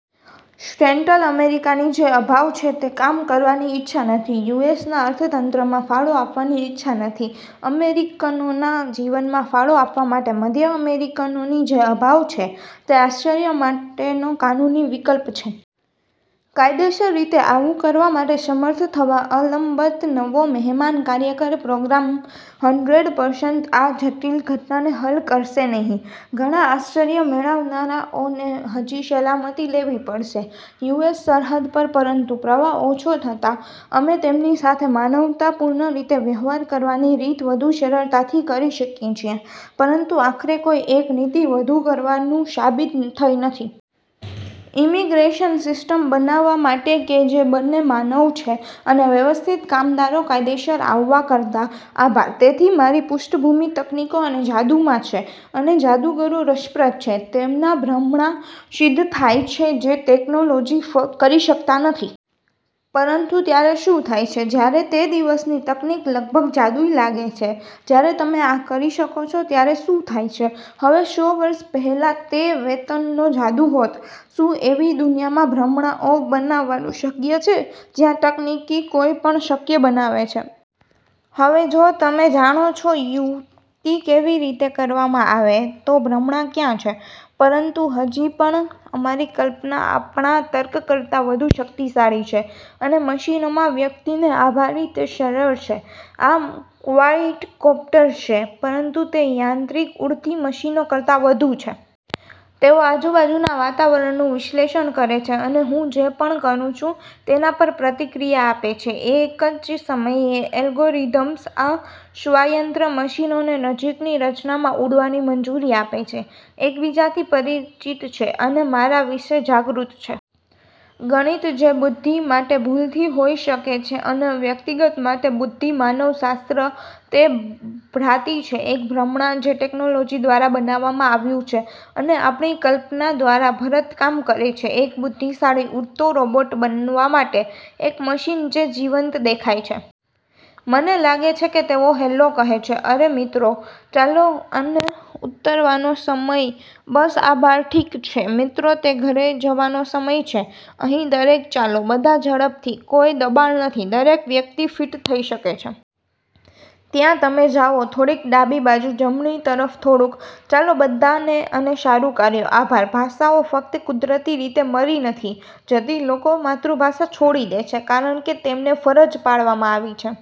Central અમેરિકાની જે અભાવ છે તે કામ કરવાની ઇચ્છા નથી. યુ. એસ. ના અર્થતંત્રમાં ફાળો આપવાની ઇચ્છા નથી, અમેરિકનોના જીવનમાં ફાળો આપવા માટે મધ્ય અમેરિકનોની જે અભાવ છે તે આશ્ચર્ય માટેનો કાનૂની વિકલ્પ છે. કાયદેસર રીતે આવું કરવા માટે સમર્થ થવા અલબત્ત નવો મહેમાન કાર્યકર પ્રોગ્રામ હન્ડ્રેડ પર્સન્ટ આ જટિલ ઘટનાને હલ કરશે નહીં. ઘણા આશ્ચર્ય મેળવનારાઓને હજી સલામતી લેવી પડશે. યુ. એસ. સરહદ પર. પરંતુ પ્રવાહ ઓછો થતાં અમે તેમની સાથે માનવતાપૂર્ણ રીતે વ્યવહાર કરવાની રીત વધુ સરળતાથી કરી શકીએ છીએ, પરંતુ આખરે કોઈ એક નીતિ વધુ કરવાનું સાબિત થઈ નથી. ઇમિગ્રેશન સિસ્ટમ બનાવવા માટે કે જે બંને માનવ છે અને વ્યવસ્થિત કામદારો કાયદેસર આવવા કરતાં. આભાર. તેથી, મારી પુષ્ઠભૂમિ તકનીકો અને જાદુમાં છે. અને જાદુગરો રસપ્રદ છે. તેમના ભ્રમણા સિદ્ધ થાય છે જે ટેકનોલોજી કરી શકતા નથી. પરંતુ ત્યારે શું થાય છે જ્યારે તે દિવસની તકનીક લગભગ જાદુઈ લાગે છે? જ્યારે તમે આ કરી શકો છો ત્યારે શું થાય છે? હવે સો વર્ષ પહેલાં તે વેતનનો જાદુ હોત. શું એવી દુનિયામાં ભ્રમણાઓ બનાવવાનું શક્ય છે, જ્યાં તકનીકી કોઈપણ શક્ય બનાવે છે. હવે જો તમે જાણો છો યુક્તિ કેવી રીતે કરવામાં આવે, તો ભ્રમણા ક્યાં છે? પરંતુ હજી પણ અમારી કલ્પના આપણા તર્ક કરતાં વધુ શક્તિશાળી છે અને મશીનોમાં વ્યક્તિને આભારી તે સરળ છે. આ ક્વાઇડકોપ્ટર છે, પરંતુ તે યાંત્રિક ઉડતી મશીનો કરતા વધુ છે. તેઓ આજુબાજુના વાતાવરણનું વિશ્લેષણ કરે છે અને હું જે પણ કરું છું તેના પર પ્રતિક્રિયા આપે છે. એક જ સમયે અઅલ્ગોરિધમ્સ આ સ્વાયત્ર મશીનોને નજીકની રચનામાં ઉડવાની મંજૂરી આપે છે, એકબીજાથી પરિચિત છે અને મારા વિશે જાગૃત છે. ગણિત જે બુદ્ધિ માટે ભૂલથી હોઈ શકે છે અને વ્યક્તિગત માટે બુદ્ધિ. માનવશાસ્ત્ર તે ભ્રાંતિ છે, એક ભ્રમણા જે ટેકનોલોજી દ્વારા બનાવવામાં આવ્યું છે અને આપણી કલ્પના દ્વારા ભરતકામ કરે છે. એક બુદ્ધિશાળી ઉડતો રોબોટ બનવા માટે, એક મશીન જે જીવંત દેખાય છે. મને લાગે છે કે તેઓ "હેલો" કહે છે. અરે મિત્રો! ચાલો અને ઉતરવાનો સમય. બસ. આભાર. ઠીક છે, મિત્રો, તે ઘરે જવાનો સમય છે. અહીં દરેક ચાલો, બધા ઝડપથી. કોઈ દબાણ નથી, દરેક વ્યક્તિ ફિટ થઈ શકે છે. ત્યાં તમે જાઓ, થોડુંક ડાબી બાજુ, જમણી તરફ થોડુંક. ચાલો, બધાને અને સારું કાર્ય! આભાર. ભાષાઓ ફક્ત કુદરતી રીતે મરી નથી જતી લોકો માતૃભાષા છોડી દે છે, કારણ કે તેમને ફરજ પાડવામાં આવી છે.